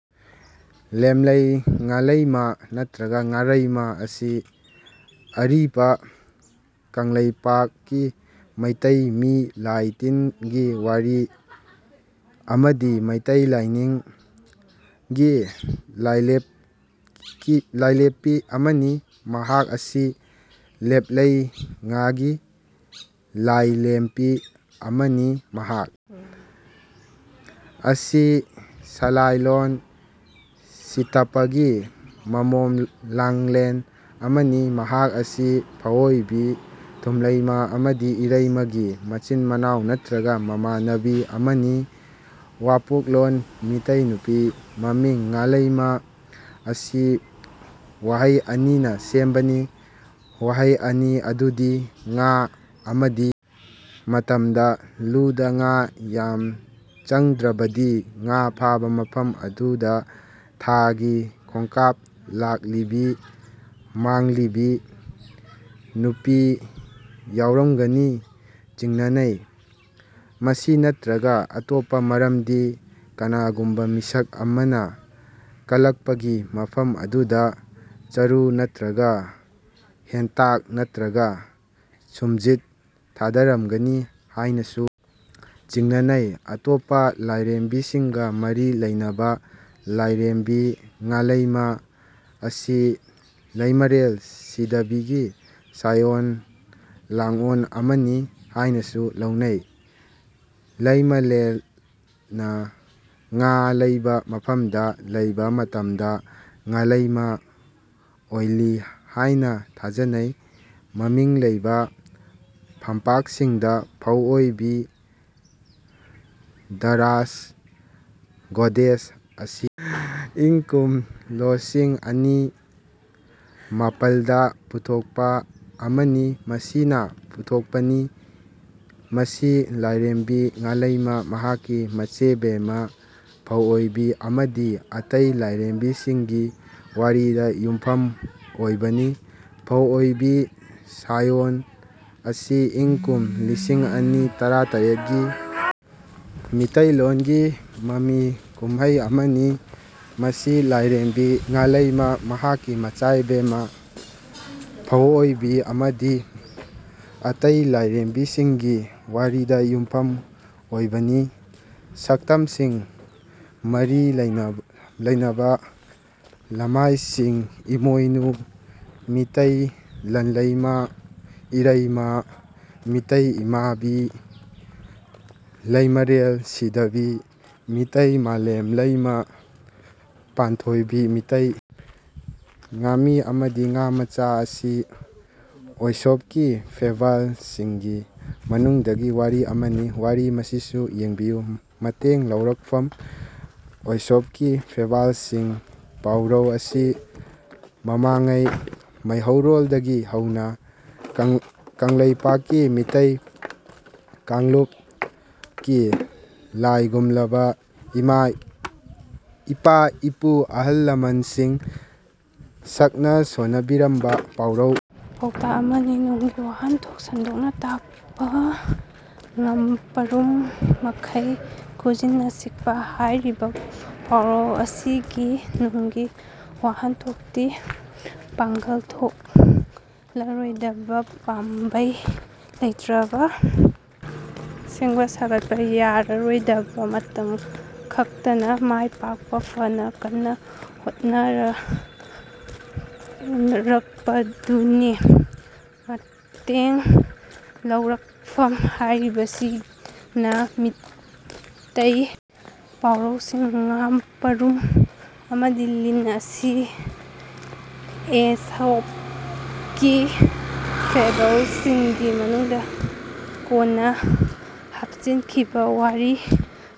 ꯂꯦꯝꯂꯩ ꯉꯥꯂꯩꯃ ꯅꯠꯇ꯭ꯔꯒ ꯉꯥꯔꯩꯃ ꯑꯁꯤ ꯑꯔꯤꯄ ꯀꯪꯂꯩꯄꯥꯛ (ꯑꯔꯤꯕ ꯃꯅꯤꯄꯨꯔ)ꯀꯤ ꯃꯤꯇꯩ ꯃꯤ ꯂꯥꯢ ꯇꯤꯟꯒꯤ ꯋꯥꯔꯤ (ꯃꯩꯇꯩ ꯃꯤ ꯂꯥꯢ ꯇꯤꯟꯒꯤ ꯋꯥꯔꯤ) ꯑꯃꯗꯤ ꯃꯤꯇꯩ ꯂꯥꯢꯅꯤꯡ (ꯁꯅꯥꯃꯍꯤ ꯂꯥꯏꯅꯤꯡ)ꯒꯤ ꯂꯥꯢꯂꯦꯝꯄꯤ ꯑꯃꯅꯤ꯫ ꯃꯍꯥꯛ ꯑꯁꯤ ꯂꯦꯝꯂꯩ ꯉꯥꯒꯤ ꯂꯥꯢꯂꯦꯝꯄꯤ ꯑꯃꯅꯤ꯫ ꯃꯍꯥꯛ ꯑꯁꯤ ꯁꯂꯥꯢꯂꯦꯟ ꯁꯤꯇꯄꯒꯤ ꯃꯃꯣꯝ ꯂꯥꯡꯂꯦꯟ ꯑꯃꯅꯤ꯫ ꯃꯍꯥꯛ ꯑꯁꯤ ꯐꯧꯑꯣꯢꯕꯤ (ꯐꯧꯂꯩꯃ), ꯊꯨꯝꯂꯩꯃ ꯑꯃꯗꯤ ꯏꯔꯩꯃ (ꯏꯂꯩꯃ)ꯒꯤ ꯃꯆꯤꯟ ꯃꯅꯥꯎ ꯅꯠꯇ꯭ꯔꯒ ꯃꯃꯥꯟꯅꯕꯤ ꯑꯃꯅꯤ꯫ ꯋꯥꯄꯣꯛꯂꯣꯟ ꯃꯤꯇꯩ ꯅꯨꯄꯤ ꯃꯃꯤꯡ "ꯉꯥꯂꯩꯃ" ꯑꯁꯤ ꯋꯥꯍꯩ ꯑꯅꯤꯅ ꯁꯦꯝꯕꯅꯤ꯫ ꯋꯥꯍꯩ ꯑꯅꯤ ꯑꯗꯨꯗꯤ "ꯉꯥ" ꯑꯃꯗꯤ ꯃꯇꯝꯗ ꯂꯨꯗ ꯉꯥ ꯌꯥꯝ ꯆꯪꯗ꯭ꯔꯕꯗꯤ ꯉꯥ ꯐꯥꯕ ꯃꯐꯝ ꯑꯗꯨꯗ ꯊꯥꯒꯤ ꯈꯣꯡꯀꯥꯞ ꯂꯥꯛꯂꯤꯕꯤ ꯃꯥꯡꯂꯤꯕꯤ ꯅꯨꯄꯤ ꯌꯥꯎꯔꯝꯒꯅꯤ ꯆꯤꯡꯅꯅꯩ꯫ ꯃꯁꯤ ꯅꯠꯇ꯭ꯔꯒ ꯑꯇꯣꯞꯄ ꯃꯔꯝꯗꯤ ꯀꯅꯥꯒꯨꯝꯕ ꯃꯤꯁꯛ ꯑꯃꯅ ꯀꯜꯂꯛꯄꯒꯤ ꯃꯐꯝ ꯑꯗꯨꯗ ꯆꯔꯨ ꯅꯠꯇ꯭ꯔꯒ ꯍꯦꯟꯇꯥꯛ ꯅꯠꯇ꯭ꯔꯒ ꯁꯨꯝꯖꯤꯠ ꯊꯥꯗꯔꯝꯒꯅꯤ ꯍꯥꯢꯅꯁꯨ ꯆꯤꯡꯅꯅꯩ꯫ ꯑꯇꯣꯞꯄ ꯂꯥꯢꯔꯦꯝꯕꯤꯁꯤꯡꯒ ꯃꯔꯤ ꯂꯩꯅꯕ ꯂꯥꯢꯔꯦꯝꯕꯤ ꯉꯥꯂꯩꯃ ꯑꯁꯤ ꯂꯩꯃꯔꯦꯜ ꯁꯤꯗꯕꯤꯒꯤ ꯁꯥꯢꯑꯣꯟ ꯂꯥꯡꯑꯣꯟ ꯑꯃꯅꯤ ꯍꯥꯢꯅꯁꯨ ꯂꯧꯅꯩ꯫ ꯂꯩꯃꯂꯦꯜꯅ ꯉꯥ ꯂꯩꯕ ꯃꯐꯝꯗ ꯂꯩꯕ ꯃꯇꯝꯗ ꯉꯥꯂꯩꯃ ꯑꯣꯜꯂꯤ ꯍꯥꯢꯅ ꯊꯥꯖꯅꯩ꯫ ꯃꯃꯤꯡ ꯂꯩꯕ ꯐꯝꯄꯥꯛꯁꯤꯡꯗ ꯐꯧ-ꯑꯣꯢꯕꯤ, ꯗ ꯔꯥꯢꯁ ꯒꯣꯗꯦꯁ ꯑꯁꯤ ꯏꯪ ꯀꯨꯝ ꯂꯣꯁꯤꯡ ꯑꯅꯤ ꯃꯄꯥꯜ ꯗ ꯄꯨꯊꯣꯛꯄ ꯑꯃꯅꯤ꯫ ꯃꯁꯤ ꯅ ꯄꯨꯊꯣꯛꯄꯅꯤ ꯃꯁꯤ ꯂꯥꯢꯔꯦꯝꯕꯤ ꯉꯥꯂꯩꯃ, ꯃꯍꯥꯛꯀꯤ ꯃꯆꯦꯕꯦꯝꯃ ꯐꯧꯑꯣꯢꯕꯤ ꯑꯃꯗꯤ ꯑꯇꯩ ꯂꯥꯢꯔꯦꯝꯕꯤꯁꯤꯡꯒꯤ ꯋꯥꯔꯤꯗ ꯌꯨꯝꯐꯝ ꯑꯣꯢꯕꯅꯤ꯫ ꯐꯧꯑꯣꯢꯕꯤ ꯁꯥꯌꯣꯟ ꯑꯁꯤ ꯏꯪ ꯀꯨꯝ ꯂꯤꯁꯤꯡ ꯑꯅꯤ ꯇꯔꯥ ꯇꯥꯔꯦꯠ ꯒꯤ ꯃꯤꯇꯩꯂꯣꯟꯒꯤ ꯃꯃꯤ ꯀꯨꯝꯍꯩ ꯑꯃꯅꯤ꯫ ꯃꯁꯤ ꯂꯥꯢꯔꯦꯝꯕꯤ ꯉꯥꯂꯩꯃ, ꯃꯍꯥꯛꯀꯤ ꯃꯆꯦꯕꯦꯝꯃ ꯐꯧꯑꯣꯢꯕꯤ ꯑꯃꯗꯤ ꯑꯇꯩ ꯂꯥꯢꯔꯦꯝꯕꯤꯁꯤꯡꯒꯤ ꯋꯥꯔꯤꯗ ꯌꯨꯝꯐꯝ ꯑꯣꯢꯕꯅꯤ꯫ ꯁꯛꯇꯝꯁꯤꯡ ꯃꯔꯤ ꯂꯩꯅꯕ ꯂꯃꯥꯢꯁꯤꯡ ꯏꯃꯣꯢꯅꯨ ꯃꯤꯇꯩ ꯂꯟꯂꯩꯃ ꯏꯔꯩꯃ ꯃꯤꯇꯩ ꯏꯃꯥꯕꯤ ꯂꯩꯃꯔꯦꯜ ꯁꯤꯗꯕꯤ ꯃꯤꯇꯩ ꯃꯥꯂꯦꯝ ꯂꯩꯃ ꯄꯥꯟꯊꯣꯢꯄꯤ ꯃꯤꯇꯩ ꯉꯥꯃꯤ ꯑꯃꯗꯤ ꯉꯥ ꯃꯆꯥ ꯑꯁꯤ ꯑꯦꯏꯁꯣꯞꯀꯤ ꯐꯦꯕꯜꯁꯤꯡꯒꯤ ꯃꯅꯨꯡꯗꯒꯤ ꯋꯥꯔꯤ ꯑꯃꯅꯤ꯫ ꯋꯥꯔꯤ ꯃꯁꯤꯁꯨ ꯌꯦꯡꯕꯤꯌꯨ ꯃꯇꯦꯡ ꯂꯧꯔꯛꯐꯝ ꯑꯦꯏꯁꯣꯞꯀꯤ ꯐꯦꯕꯜꯁꯤꯡ ꯄꯥꯎꯔꯧ ꯑꯁꯤ ꯃꯃꯥꯡꯉꯩ ꯃꯩꯍꯧꯔꯣꯜꯗꯒꯤ ꯍꯧꯅ ꯀꯪꯂꯩꯄꯥꯛꯀꯤ ꯃꯤꯇꯩ ꯀꯥꯡꯂꯨꯞ (ꯃꯩꯇꯩ ꯀꯥꯡꯂꯨꯞ)ꯀꯤ ꯂꯥꯢꯒꯨꯝꯂꯕ ꯏꯄꯥ-ꯏꯄꯨ ꯑꯍꯜ-ꯂꯃꯟꯁꯤꯡꯅ ꯁꯛꯅ ꯁꯣꯟꯅꯕꯤꯔꯝꯕ ꯄꯥꯎꯔꯧ ꯄꯥꯎꯇꯥꯛ ꯑꯃꯅꯤ꯫ ꯅꯨꯡꯒꯤ ꯋꯥꯍꯟꯊꯣꯛ ꯁꯟꯗꯣꯛꯅ ꯇꯥꯛꯄ ꯉꯥꯄ꯭ꯔꯨꯝ ꯃꯃꯩ ꯈꯨꯖꯤꯟꯅ ꯁꯤꯛꯄ ꯍꯥꯏꯔꯤꯕ ꯄꯥꯎꯔꯧ ꯑꯁꯤꯒꯤ ꯅꯨꯡꯒꯤ ꯋꯥꯍꯟꯊꯣꯛꯇꯤ ꯄꯥꯡꯒꯜ ꯊꯣꯛꯂꯔꯣꯏꯗꯕ, ꯄꯥꯝꯕꯩ ꯂꯩꯇ꯭ꯔꯕ, ꯁꯦꯝꯒꯠ ꯁꯥꯒꯠꯄ ꯌꯥꯔꯔꯣꯏꯗꯕ ꯃꯇꯝ ꯈꯛꯇꯗ ꯃꯥꯏ ꯄꯛꯄ ꯐꯅꯕ ꯀꯟꯅ ꯍꯣꯠꯅꯔꯛꯄꯗꯨꯅꯤ꯫ ꯃꯇꯦꯡ ꯂꯧꯔꯛꯐꯝ ꯍꯥꯏꯔꯤꯕꯁꯤꯅꯥ ꯃꯤꯇꯩ ꯄꯥꯎꯔꯧꯁꯤꯡ ꯉꯥꯄ꯭ꯔꯨꯝ ꯑꯃꯗꯤ ꯂꯤꯟ ꯑꯁꯤ ꯑꯦꯏꯁꯣꯞꯀꯤ ꯐꯦꯕꯜꯁꯤꯡꯒꯤ ꯃꯅꯨꯡꯗ ꯀꯣꯟꯅ ꯍꯥꯞꯆꯤꯟꯈꯤꯕ ꯋꯥꯔꯤ ꯑꯃꯅꯤ꯫